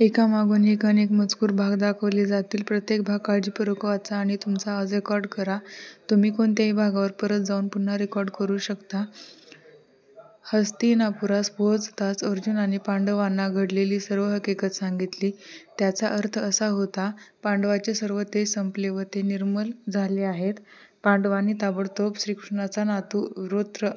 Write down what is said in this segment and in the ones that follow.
हस्तिनापुरास पोहोचताच अर्जुनाने पांडवांना घडलेली सर्व हकीकत सांगितली. त्याचा अर्थ असा होता पांडवांचे सर्व तेज संपले व ते निर्मल झाले आहेत. पांडवांनी ताबडतोब श्रीकृष्णाचा नातू वृत्र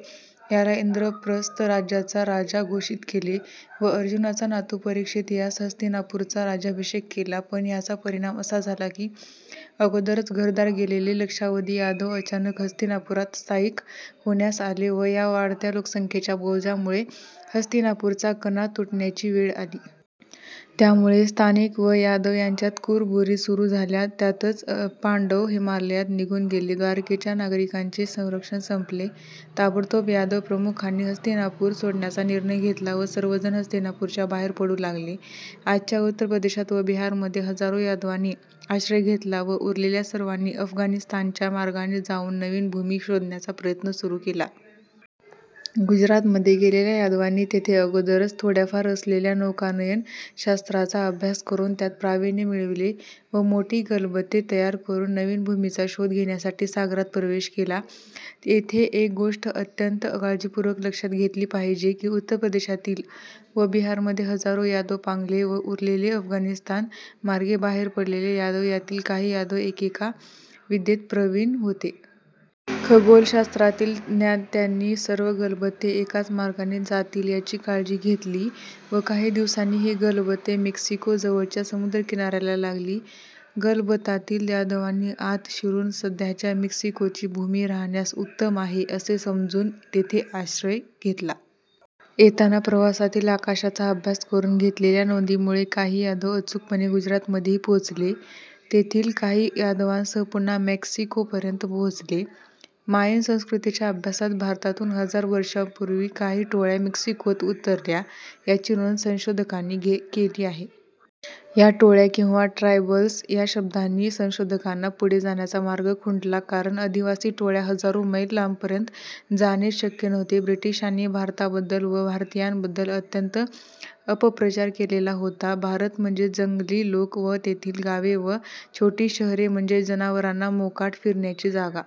याला इंद्रप्रस्थ राज्याचा राजा घोषित केले व अर्जुनाचा नातू परीक्षित यास हस्तिनापूरचा राज्याभिषेक केला पण याचा परिणाम असा झाला की अगोदरच घरदार गेलेले लक्षावधी यादव अचानक हस्तिनापुरात स्थायिक होण्यास आले व या वाढत्या लोकसंख्येच्या बोजामुळे हस्तिनापूरचा कणा तुटण्याची वेळ आली. त्यामुळे स्थानिक व यादव यांच्यात कुरबुरी सुरू झाल्या. त्यातच पांडव हिमालयात निघून गेले. द्वारकेच्या नागरिकांचे संरक्षण संपले. ताबडतोब यादव प्रमुखांनी हस्तिनापुर सोडण्याचा निर्णय घेतला व सर्वजण हस्तिनापूरच्या बाहेर पडू लागले. आजच्या उत्तर प्रदेशात व बिहारमध्ये हजारो यादवांनी आश्रय घेतला व उरलेल्या सर्वांनी अफगाणिस्तानच्या मार्गाने जाऊन नवीन भूमी शोधण्याचा प्रयत्न सुरू केला. गुजरातमध्ये गेलेल्या यादवांनी तेथे अगोदरच थोड्याफार असलेल्या नौकानयन शास्त्राचा अभ्यास करून त्यात प्रावीण्य मिळविले व मोठी गलबते तयार करून नवीन भूमीचा शोध घेण्यासाठी सागरात प्रवेश केला. येथे एक गोष्ट अत्यंत काळजीपूर्वक लक्षात घेतली पाहिजे की उत्तर प्रदेशातील व बिहारमध्ये हजारो यादव पांगले व उरलेले अफगाणिस्तान मार्गे बाहेर पडलेले यादव यातील काही यादव एकेका विद्येत प्रवीण होते. खगोलशास्त्रातील ज्ञात्यांनी सर्व गलबते एकाच मार्गाने जातील याची काळजी घेतली व काही दिवसांनी ही गलबते मेक्सिको जवळच्या समुद्रकिनाऱ्याला लागली. गलबतातील यादवांनी आत शिरून सध्याच्या मेक्सिकोची भूमी राहण्यास उत्तम आहे असे समजून तेथे आश्रय घेतला. येताना प्रवासातील आकाशाचा अभ्यास करून घेतलेल्या नोंदीमुळे काही यादव अचूकपणे गुजरातमध्येही पोहोचले. तेथील काही यादवांसह पुन्हा मॅक्सिकोपर्यंत पोहोचले. मायन संस्कृतीच्या अभ्यासात भारतातून हजार वर्षांपूर्वी काही टोळ्या मेक्सिकोत उतरल्या याची नोंद संशोधकांनी केली आहे. या टोळ्या किंवा ट्रायबल्स या शब्दांनी संशोधकांना पुढे जाण्याचा मार्ग खुंटला कारण आदिवासी टोळ्या हजारो मैल लांबपर्यंत जाणेच शक्य नव्हते. ब्रिटिशांनी भारताबद्दल व भारतीयांबद्दल अत्यंत अपप्रचार केलेला होता. भारत म्हणजे जंगली लोक व तेथील गावे व छोटी शहरे म्हणजे जनावरांना मोकाट फिरण्याची जागा.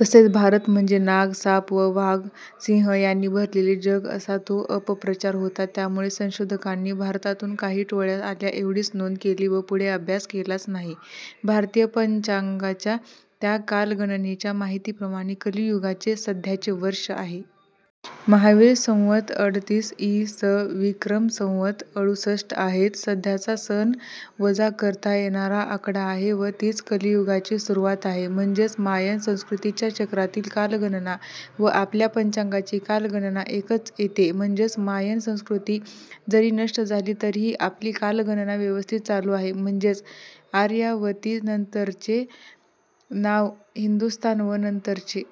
तसेच भारत म्हणजे नाग, साप व वाघ, सिंह यांनी भरलेले जग असा तो अपप्रचार होता. त्यामुळे संशोधकांनी भारतातून काही टोळ्या आल्या एवढीच नोंद केली व पुढे अभ्यास केलाच नाही. भारतीय पंचांगाच्या त्या कालगणनेच्या माहितीप्रमाणे कलियुगाचे सध्याचे वर्ष आहे. महावीर संवत अडतीस इ. स. विक्रम संवत अडुसष्ट आहेत. सध्याचा सन वजा करता येणारा आकडा आहे व तीच कलियुगाची सुरुवात आहे. म्हणजेच मायन संस्कृतीच्या चक्रातील कालगणना व आपल्या पंचांगाची कालगणना एकच येते. म्हणजेच मायन संस्कृती जरी नष्ट झाली तरीही आपली कालगणना व्यवस्थित चालू आहे. म्हणजेच आर्यावती नंतरचे नाव हिंदुस्तान व नंतरचे